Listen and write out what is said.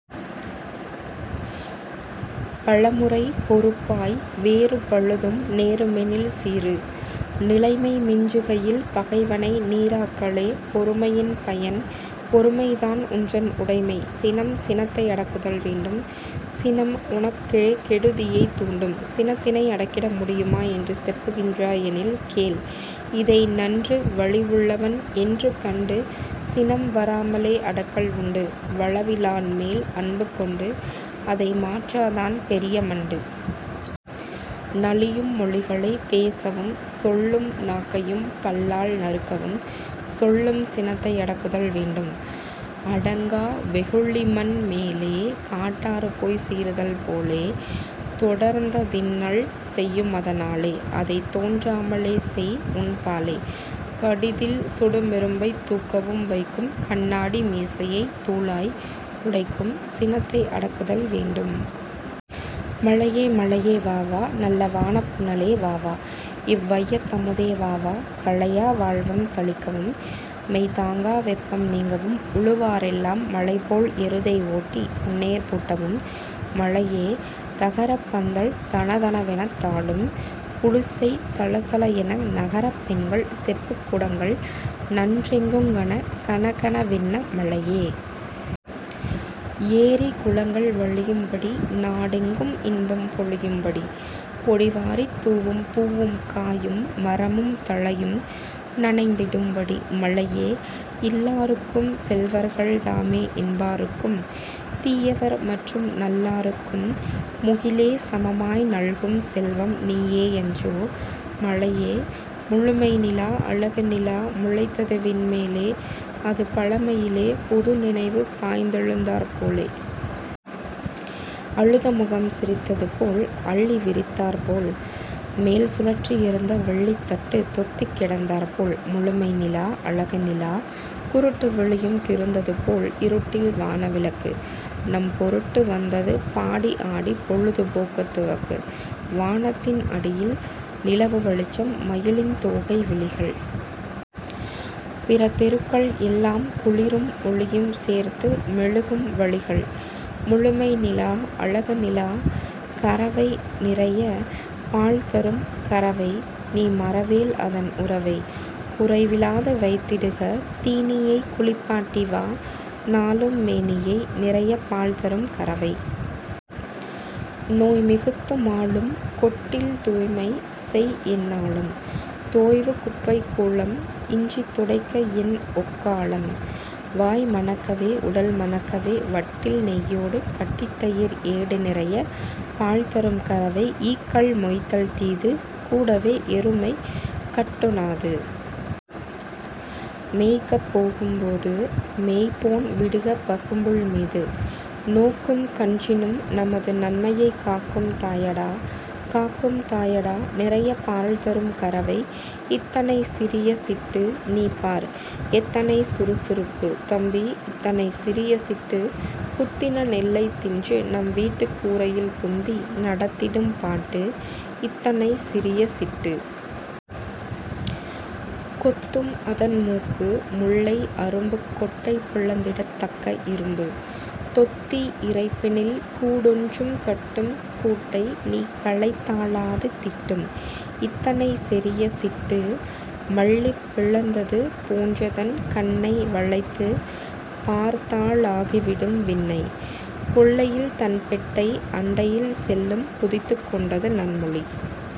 பலமுறை பொறுப்பாய் வேறு பழுதும் நேருமெனில் சீறு! நிலைமை மிஞ்சுகையில் பகைவனை நீறாக்கலே பொறுமையின் பயன் பொறுமைதான் உன்றன் உடைமை! சினம் சினத்தை யடக்குதல் வேண்டும் -- சினம் உனக்கே கெடுதியைத் தூண்டும்! சினத்தினை யடக்கிட முடியுமா என்று செப்புகின்றாய் எனில்கேள் இதை நன்று। வலிவுள்ளவன் என்று கண்டு -- சினம் வாராமலே யடக்கல் உண்டு; வலிவிலான்மேல் அன்பு கொண்டு -- அதை மாற்றாதான் பெரிய மண்டு! நலியும் மொழிகளைப் பேசவும் சொல்லும் நாக்கையும் பல்லால் நறுக்கவும் சொல்லும் சினத்தை யடக்குதல் வேண்டும்! அடங்கா வெகுளிமண் மேலே -- காட் டாறுபோய்ச் சீறுதல் போலே, தொடர்ந்தின்னல் செய்யுமதனாலே -- அதைத் தோன்றாமலே செய்உன் பாலே! கடிதில் சுடுமிரும்பைத் தூக்கவும் வைக்கும் கண்ணாடி மேசையைத் தூளாய் உடைக்கும் சினத்தை யடக்குதல் வேண்டும்! மழையே மழையே வா வா -- நல்ல வானப்புனலே வா வா! --இவ் வையத்தமுதே வாவா! தழையா வாழ்வும் தழைக்கவும் -- மெய் தாங்கா வெப்பம் நீங்கவும் உழுவாரெல்லாம் மலைபோல் எருதை ஓட்டிப் பொன்னேர் பூட்டவும் மழையே... தகரப்பந்தல் தணதண வென்னத் தாழும் குடிசை சளசள என்ன நகரப்பெண்கள் செப்புக் குடங்கள் நன்றெங் குங்கண கணகண வென்ன மழையே... ஏரி குளங்கள் வழியும்படி, நா டெங்கும் இன்பம் பொழியும்படி, பொடி வாரித்தூவும் பூவும் காயும் மரமும் தழையும் நனைந்திடும்படி மழையே... இல்லாருக்கும், செல்வர்கள் தாமே என்பாருக்கும், தீயவர் மற்றும் நல்லாருக்கும் முகிலே சமமாய் நல்கும் செல்வம் நீயேயன்றோ? மழையே... முழுமை நிலா! அழகு நிலா! முளைத்ததுவிண் மேலே --அது பழைமையிலே புதுநினைவு பாய்ந்தெழுந்தாற் போலே! அழுதமுகம் சிரித்ததுபோல் அல்லி விரித்தாற் போல் -- மேல் சுழற்றி எறிந்த வெள்ளித்தட்டுத் தொத்திக்கிடந் தாற்போல் முழுமை நிலா! அழகு நிலா! குருட்டு விழியும் திறந்ததுபோல் இருட்டில் வான விளக்கு! -- நம் பொருட்டு வந்ததுபாடி ஆடிப் பொழுது போக்கத் துவக்கு! மரத்தின் அடியில் நிலவு வெளிச்சம் மயிலின் தோகை விழிகள்! -- பிற தெருக்கள் எல்லாம் குளிரும் ஒளியும் சேர்த்து மெழுகும் வழிகள்! முழுமை நிலா! அழகு நிலா! கறவை நிறையப் பால் தரும் கறவை -- நீ மறவேல் அதன் உறவை! குறைவிலாது வைத் திடுக தீனியைக் குளிப் பாட்டிவா நாளும் மேனியை! நிறையப் பால்தரும் கறவை! நோய் மிகுத்து மாளும்! -- கொட்டில் தூய்மை செய்எந் நாளும்! தோய்வு குப்பை கூளம் -- இன்றித் துடைக்க என் ஓக்காளம்? வாய் மணக்கவே, உடல் மணக்கவே வட்டில் நெய்யோடு கட்டித்தயிர் ஏடு நிறையப் பால்தரும் கறவை! ஈக்கள் மொய்த்தல் தீது! -- கூடவே எருமை கட்டொ ணாது! மேய்க்கப் போகும் போது -- மேய்ப்போன் விடுக பசும்புல் மீது! நோக்கும் கன்றினும், நமது நன்மையைக் காக்கும் தாயடா! காக்கும் தாயடா! நிறையப் பால்தரும் கறவை! இத்தனைச் சிறிய சிட்டு! -- நீபார்! எத்தனை சுறுசுறுப்பு! -- தம்பி இத்தனைச் சிறிய சிட்டு! குத்தின நெல்லைத் தின்றுநம் வீட்டுக் கூரையில் குந்தி நடத்திடும் பாட்டு இத்தனைச் சிறிய சிட்டு! கொத்தும் அதன்மூக்கு முல்லை அரும்பு கொட்டை பிளந்திடத் தக்க இரும்பு! தொத்தி இறைப்பினில் கூடொன்று கட்டும் கூட்டை நீ கலைத் தாலது திட்டும்! இத்தனைச் சிறிய சிட்டு! மல்லி பிளந்தது போன்றதன் கண்ணை வளைத்துப் பார்த்த ளாவிடும் விண்ணை! கொல்லையில் தன் பெட்டை அண்டையில் செல்லும் குதித்துக் கொண்டது நன்மொழி